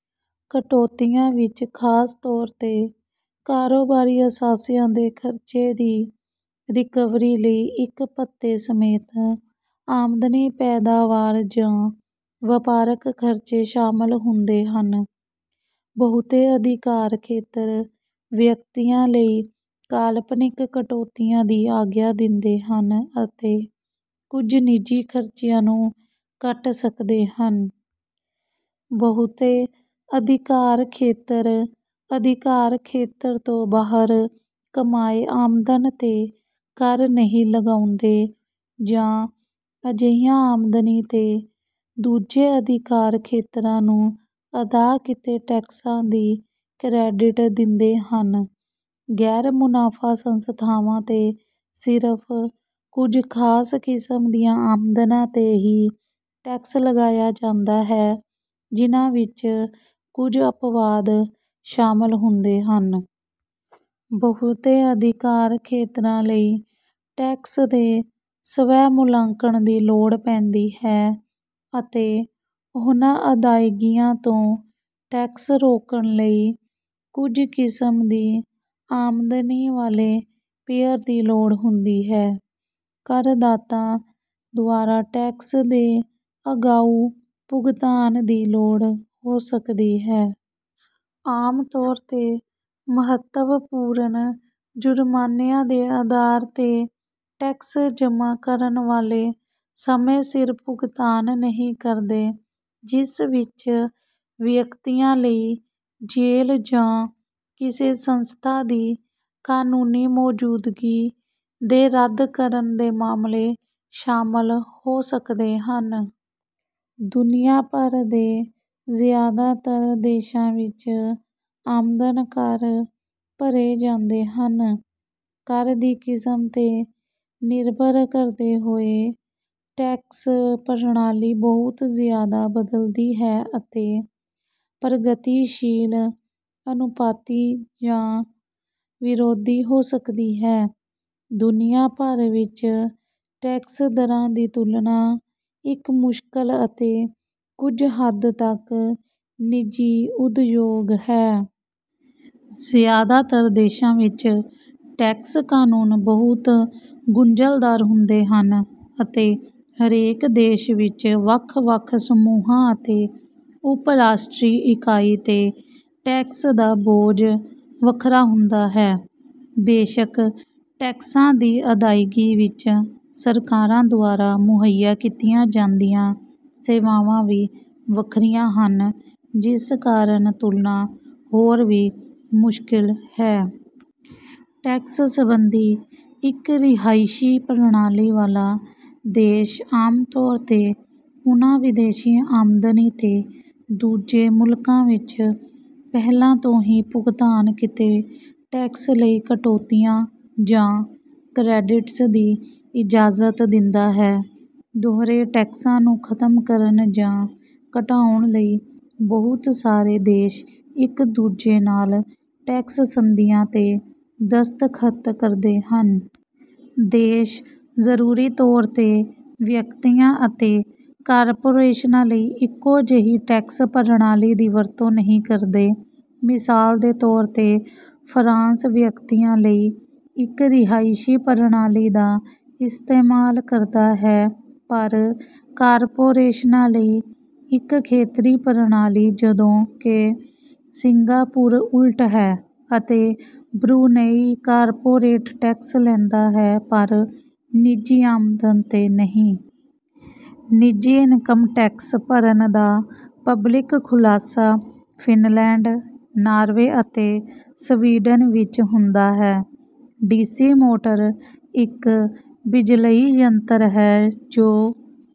ਕਟੌਤੀਆਂ ਵਿੱਚ ਖਾਸ ਤੌਰ ਤੇ ਕਾਰੋਬਾਰੀ ਅਸਾਸਿਆਂ ਦੇ ਖਰਚੇ ਦੀ ਰਿਕਵਰੀ ਲਈ ਇੱਕ ਭੱਤੇ ਸਮੇਤ ਸਾਰੇ ਆਮਦਨੀ ਪੈਦਾਵਾਰ ਜਾਂ ਵਪਾਰਕ ਖਰਚੇ ਸ਼ਾਮਲ ਹੁੰਦੇ ਹਨ। ਬਹੁਤੇ ਅਧਿਕਾਰ ਖੇਤਰ ਵਿਅਕਤੀਆਂ ਲਈ ਕਾਲਪਨਿਕ ਕਟੌਤੀਆਂ ਦੀ ਆਗਿਆ ਦਿੰਦੇ ਹਨ, ਅਤੇ ਕੁਝ ਨਿੱਜੀ ਖਰਚਿਆਂ ਨੂੰ ਕੱਟ ਸਕਦੇ ਹਨ। ਬਹੁਤੇ ਅਧਿਕਾਰ ਖੇਤਰ ਅਧਿਕਾਰ ਖੇਤਰ ਤੋਂ ਬਾਹਰ ਕਮਾਏ ਆਮਦਨ ਤੇ ਕਰ ਨਹੀਂ ਲਗਾਉਂਦੇ ਜਾਂ ਅਜਿਹੀਆਂ ਆਮਦਨੀ ਤੇ ਦੂਜੇ ਅਧਿਕਾਰ ਖੇਤਰਾਂ ਨੂੰ ਅਦਾ ਕੀਤੇ ਟੈਕਸਾਂ ਦੀ ਕ੍ਰੈਡਿਟ ਦਿੰਦੇ ਹਨ। ਗੈਰ-ਮੁਨਾਫ਼ਾ ਸੰਸਥਾਵਾਂ ਤੇ ਸਿਰਫ਼ ਕੁਝ ਖਾਸ ਕਿਸਮ ਦੀਆਂ ਆਮਦਨਾਂ ਤੇ ਹੀ ਟੈਕਸ ਲਗਾਇਆ ਜਾਂਦਾ ਹੈ, ਜਿਨ੍ਹਾਂ ਵਿੱਚ ਕੁਝ ਅਪਵਾਦ ਸ਼ਾਮਲ ਹੁੰਦੇ ਹਨ। ਬਹੁਤੇ ਅਧਿਕਾਰ ਖੇਤਰਾਂ ਲਈ ਟੈਕਸ ਦੇ ਸਵੈ-ਮੁਲਾਂਕਣ ਦੀ ਲੋੜ ਪੈਂਦੀ ਹੈ ਅਤੇ ਉਹਨਾਂ ਅਦਾਇਗੀਆਂ ਤੋਂ ਟੈਕਸ ਰੋਕਣ ਲਈ ਕੁਝ ਕਿਸਮ ਦੀ ਆਮਦਨੀ ਵਾਲੇ ਪੇਅਰ ਦੀ ਲੋੜ ਹੁੰਦੀ ਹੈ। ਕਰਦਾਤਾ ਦੁਆਰਾ ਟੈਕਸ ਦੇ ਅਗਾਊਂ ਭੁਗਤਾਨ ਦੀ ਲੋੜ ਹੋ ਸਕਦੀ ਹੈ। ਆਮ ਤੌਰ 'ਤੇ ਮਹੱਤਵਪੂਰਨ ਜ਼ੁਰਮਾਨਿਆਂ ਦੇ ਅਧਾਰ ਤੇ ਟੈਕਸ ਜਮ੍ਹਾ ਕਰਨ ਵਾਲੇ ਸਮੇਂ ਸਿਰ ਭੁਗਤਾਨ ਨਹੀਂ ਕਰਦੇ, ਜਿਸ ਵਿੱਚ ਵਿਅਕਤੀਆਂ ਲਈ ਜੇਲ੍ਹ ਜਾਂ ਕਿਸੇ ਸੰਸਥਾ ਦੀ ਕਾਨੂੰਨੀ ਮੌਜੂਦਗੀ ਦੇ ਰੱਦ ਕਰਨ ਦੇ ਮਾਮਲੇ ਸ਼ਾਮਲ ਹੋ ਸਕਦੇ ਹਨ। ਦੁਨੀਆਭਰ ਦੇ ਜ਼ਿਆਦਾਤਰ ਦੇਸ਼ਾਂ ਵਿੱਚ ਆਮਦਨ ਕਰ ਭਰੇ ਜਾਂਦੇ ਹਨ। ਕਰ ਦੀ ਕਿਸਮ ਤੇ ਨਿਰਭਰ ਕਰਦੇ ਹੋਏ, ਟੈਕਸ ਪ੍ਰਣਾਲੀ ਬਹੁਤ ਜ਼ਿਆਦਾ ਬਦਲਦੀ ਹੈ ਅਤੇ ਪ੍ਰਗਤੀਸ਼ੀਲ, ਅਨੁਪਾਤੀ, ਜਾਂ ਵਿਰੋਧੀ ਹੋ ਸਕਦੀ ਹੈ। ਦੁਨੀਆਭਰ ਵਿੱਚ ਟੈਕਸ ਦਰਾਂ ਦੀ ਤੁਲਨਾ ਇੱਕ ਮੁਸ਼ਕਲ ਅਤੇ ਕੁਝ ਹੱਦ ਤੱਕ ਨਿੱਜੀ ਉਦਯੋਗ ਹੈ। ਜ਼ਿਆਦਾਤਰ ਦੇਸ਼ਾਂ ਵਿੱਚ ਟੈਕਸ ਕਾਨੂੰਨ ਬਹੁਤ ਗੁੰਝਲਦਾਰ ਹੁੰਦੇ ਹਨ, ਅਤੇ ਹਰੇਕ ਦੇਸ਼ ਵਿੱਚ ਵੱਖ-ਵੱਖ ਸਮੂਹਾਂ ਅਤੇ ਉੱਪ-ਰਾਸ਼ਟਰੀ ਇਕਾਈ ਤੇ ਟੈਕਸ ਦਾ ਬੋਝ ਵੱਖਰਾ ਹੁੰਦਾ ਹੈ। ਬੇਸ਼ੱਕ, ਟੈਕਸਾਂ ਦੀ ਅਦਾਇਗੀ ਵਿੱਚ ਸਰਕਾਰਾਂ ਦੁਆਰਾ ਮੁਹੱਈਆ ਕੀਤੀਆਂ ਜਾਂਦੀਆਂ ਸੇਵਾਵਾਂ ਵੀ ਵੱਖਰੀਆਂ ਹਨ, ਜਿਸ ਕਾਰਨ ਤੁਲਨਾ ਹੋਰ ਵੀ ਮੁਸ਼ਕਿਲ ਹੈ। ਟੈਕਸ ਸਬੰਧੀ ਇੱਕ ਰਿਹਾਇਸ਼ੀ ਪ੍ਰਣਾਲੀ ਵਾਲਾ ਦੇਸ਼ ਆਮ ਤੌਰ 'ਤੇ ਉਨ੍ਹਾਂ ਵਿਦੇਸ਼ੀ ਆਮਦਨੀ ਤੇ ਦੂਜੇ ਮੁਲਕਾਂ ਵਿੱਚ ਪਹਿਲਾਂ ਤੋਂ ਹੀ ਭੁਗਤਾਨ ਕੀਤੇ ਟੈਕਸ ਲਈ ਕਟੌਤੀਆਂ ਜਾਂ ਕ੍ਰੈਡਿਟਸ ਦੀ ਇਜਾਜ਼ਤ ਦਿੰਦਾ ਹੈ। ਦੋਹਰੇ ਟੈਕਸਾਂ ਨੂੰ ਖਤਮ ਕਰਨ ਜਾਂ ਘਟਾਉਣ ਲਈ ਬਹੁਤ ਸਾਰੇ ਦੇਸ਼ ਇੱਕ ਦੂਜੇ ਨਾਲ ਟੈਕਸ ਸੰਧੀਆਂ ਤੇ ਦਸਤਖਤ ਕਰਦੇ ਹਨ। ਦੇਸ਼ ਜ਼ਰੂਰੀ ਤੌਰ 'ਤੇ ਵਿਅਕਤੀਆਂ ਅਤੇ ਕਾਰਪੋਰੇਸ਼ਨਾਂ ਲਈ ਇੱਕੋ ਜਿਹੀ ਟੈਕਸ ਪ੍ਰਣਾਲੀ ਦੀ ਵਰਤੋਂ ਨਹੀਂ ਕਰਦੇ। ਮਿਸਾਲ ਦੇ ਤੌਰ ਤੇ, ਫਰਾਂਸ ਵਿਅਕਤੀਆਂ ਲਈ ਇੱਕ ਰਿਹਾਇਸ਼ੀ ਪ੍ਰਣਾਲੀ ਦਾ ਇਸਤੇਮਾਲ ਕਰਦਾ ਹੈ ਪਰ ਕਾਰਪੋਰੇਸ਼ਨਾਂ ਲਈ ਇੱਕ ਖੇਤਰੀ ਪ੍ਰਣਾਲੀ, ਜਦੋਂ ਕਿ ਸਿੰਗਾਪੁਰ ਉਲਟ ਹੈ, ਅਤੇ ਬਰੂਨੇਈ ਕਾਰਪੋਰੇਟ ਟੈਕਸ ਲੈਂਦਾ ਹੈ ਪਰ ਨਿੱਜੀ ਆਮਦਨ ਤੇ ਨਹੀਂ। ਨਿੱਜੀ ਇਨਕਮ ਟੈਕਸ ਭਰਨ ਦਾ ਪਬਲਿਕ ਖੁਲਾਸਾ ਫਿਨਲੈਂਡ, ਨਾਰਵੇ ਅਤੇ ਸਵੀਡਨ ਵਿੱਚ ਹੁੰਦਾ ਹੈ। ਡੀ ਸੀ ਮੋਟਰ ਇੱਕ ਬਿਜਲਈ ਯੰਤਰ ਹੈ ਜੋ...